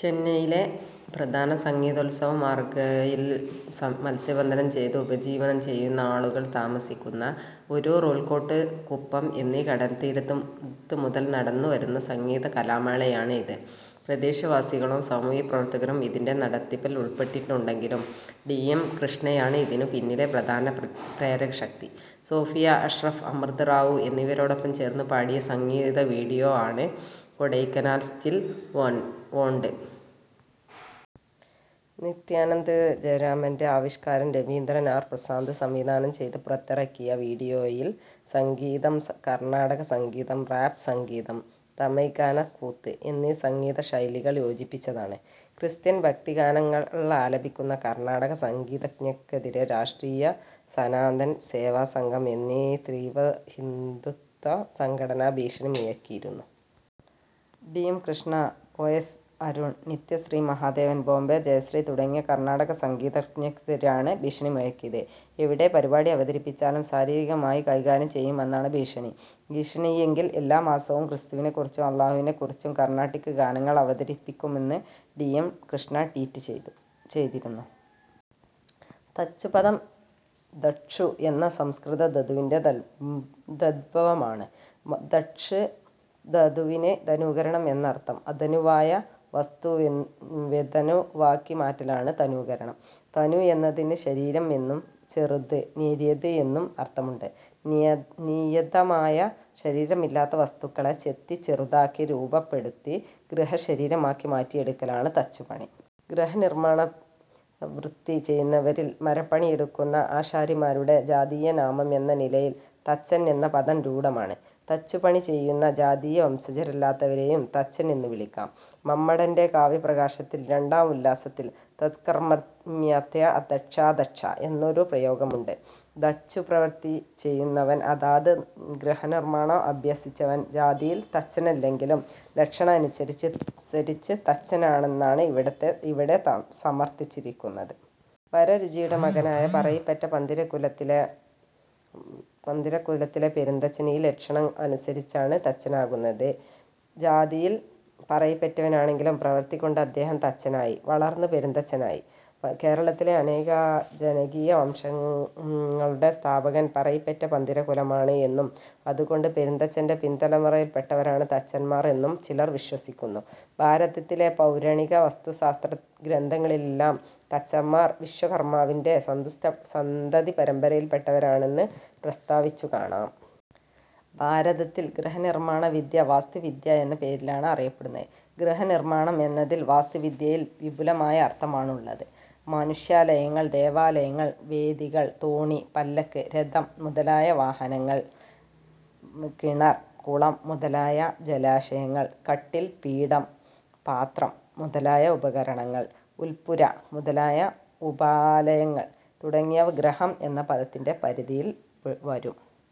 ചെന്നൈയിലെ പ്രധാന സംഗീതോത്സവകാലമായ മാർഗഴിയിൽ മത്സ്യബന്ധനം ചെയ്ത് ഉപജീവനം ചെയ്യുന്ന ആളുകൾ താമസിക്കുന ഊരൂർ-ഓൽക്കോട്ട് കുപ്പം എന്ന കടൽത്തീരത്ത് മുതൽ നടന്നു വരുന്ന സംഗീത-കലാമേളയാണ് ഇത്. പ്രദേശവാസികളും സാമൂഹ്യപ്രവർത്തകരും ഇതിന്റെ നടത്തിപ്പിൽ ഉൾപ്പെട്ടിട്ടുണ്ടെങ്കിലും ടി. എം. കൃഷ്ണയാണ് ഇതിന് പിന്നിലെ പ്രധാന പ്രേരകശക്തി. സോഫിയ അഷ്റഫ്, അമൃത് റാവു എന്നിവരോടൊപ്പം ചേർന്ന് പാടിയ സംഗീത വീഡിയോ ആണ് "കൊഡൈക്കനാൽ സ്റ്റിൽ വോൻട്". നിത്യാനന്ത് ജയരാമന്റെ ആവിഷ്കാരം രതീന്ദ്രൻ ആർ പ്രസാദ് സംവിധാനം ചെയ്ത് പുറത്തിറക്കിയ വീഡിയോയിലെ സംഗീതം കർണാട സംഗീതം, റാപ് സംഗീതം, തമിഴ് ഗാന കുത്ത് എന്നീ സംഗീത ശൈലികൾ യോജിപ്പിച്ചതാണ്. ക്രിസ്ത്യൻ ഭക്തി ഗാനങ്ങൾ ആലപിക്കുന്ന കർണാടക സംഗീതജ്ഞർക്കെതിരെ രാഷ്ട്രീയ സനാതൻ സേവ സംഘം എന്ന തീവ്രഹിന്ദുത്വ സംഘടന ഭീഷണി മുഴക്കിയിരുന്നു. T. M Krishna, O. S. Arun, Nithyasree Mahadevan, Bombay Jayashree തുടങ്ങിയ കർണാടക സംഗീതഞ്ജർക്കെതിരെയാണ് ഭീഷണി മുഴക്കിയത്. എവിടെ പരിപാടി അവതരിപ്പിച്ചാലും ശാരീികമായി കൈകാര്യം ചെയ്യുമെന്നാണ് ഭീഷണി. ഭീഷണിയെങ്കിൽ, എല്ലാ മാസവും ക്രിസ്തുവിനെക്കുറിച്ചും അല്ലാഹുവിനെക്കുറിച്ചും കർണാട്ടിക്ക് ഗാനങ്ങൾ അവതരിപ്പിക്കുമെന്ന് ടി. എം കൃഷ്ണ ട്വീറ്റ് ചെയ്തിരുന്നു. തച്ച് എന്ന പദം 'തക്ഷു' എന്ന സംസ്കൃത ധാതുവിന്റെ തദ്ഭവമാണ്. തക്ഷ് ധാതുവിന് തനൂകരണം എന്നർഥം. 'അതനു'വായ വസ്തുവെ തനുവാക്കി മാറ്റലാണ് തനൂകരണം. തനു എന്നതിന് ശരീരം എന്നും ചെറുത്, നേരിയത് എന്നും അർത്ഥമുണ്ട്. നിയതമായ ശരീരമില്ലാത്ത വസ്തുക്കളെ ചെത്തി ചെറുതാക്കി രൂപപ്പെടുത്തി ഗൃഹശരീരമാക്കി മാറ്റിയെടുക്കലാണ് തച്ചുപണി. ഗൃഹനിർമ്മാണവൃത്തി ചെയ്യുന്നവരിൽ മരപ്പണിയെടുക്കുന്ന ആശാരിമാരുടെ ജാതീയനാമം എന്ന നിലയിൽ തച്ചൻ എന്ന പദം രൂഢമാണ്. തച്ചുപണി ചെയ്യുന്ന ജാതീയ വംശജരല്ലാത്തവരേയും തച്ചൻ എന്നു വിളിക്കാം. മമ്മടന്റെ കാവ്യപ്രകാശത്തിൽ രണ്ടാം ഉല്ലാസത്തിൽ 'താത്കർമ്യാത് അതക്ഷാ തക്ഷാ' എന്നൊരു പ്രയോഗമുണ്ട്. തച്ചുപ്രവൃത്തി ചെയ്യുന്നവൻ അതായത് ഗൃഹനിർമ്മാണം അഭ്യസിച്ചവൻ ജാതിയിൽ തച്ചനല്ലെങ്കിലും ലക്ഷണ അനുസരിച്ച് തച്ചനാണെന്നാണ് ഇവിടെ സമർഥിച്ചിരിക്കുന്നത്. വരരുചിയുടെ മകനായ പറയിപെറ്റ പന്തിരുകുലത്തിലെ പെരുന്തച്ചൻ ഈ ലക്ഷണ അനുസരിച്ചാണ് തച്ചനാകുന്നത്. ജാതിയിൽ പറയിപെറ്റവനാണെങ്കിലും പ്രവൃത്തികൊണ്ട് ഇദ്ദേഹം തച്ചനായി; വളർന്ന് പെരുന്തച്ചനായി. കേരളത്തിൽ അനേക ജാതീയ വംശങ്ങ ളുടെ സ്ഥാപകർ പറയിപെറ്റ പന്തിരുകുലമാണ് എന്നും അതുകൊണ്ട് പെരുന്തച്ചന്റെ പിൻതലമുറയിൽപ്പെട്ടവരാണ് തച്ചന്മാർ എന്നും ചിലർ വിശ്വസിക്കുന്നു. ഭാരതത്തിലെ പൗരാണിക വാസ്തുശാസ്ത്രഗ്രന്ഥങ്ങളിലെല്ലാം തച്ചന്മാർ വിശ്വകർമാവിന്റെ സന്തതിപരമ്പരയിൽപ്പെട്ടവരാണെന്നു പ്രസ്താവിച്ചു കാണാം. ഭാരതത്തിൽ ഗൃഹനിർമ്മാണവിദ്യ വാസ്തുവിദ്യ എന്ന പേരിലാണ് അറിയപ്പെടുന്നത്. ഗൃഹനിർമ്മാണം എന്നതിന് വാസ്തുവിദ്യയിൽ വിപുലമായ അർത്ഥമാണുള്ളത്. മനുഷ്യാലയങ്ങൾ, ദേവാലയങ്ങൾ, വേദികകൾ; തോണി, പല്ലക്ക്, രഥം മുതലായ വാഹനങ്ങൾ; കിണർ, കുളം മുതലായ ജലാശയങ്ങൾ; കട്ടിൽ, പീഠം, പാത്രം മുതലായ ഉപകരണങ്ങൾ; ഉരൽപ്പുര മുതലായ ഉപാലയങ്ങൾ തുടങ്ങിയവ ഗൃഹം എന്ന പദത്തിന്റെ പരിധിയിൽ വരും.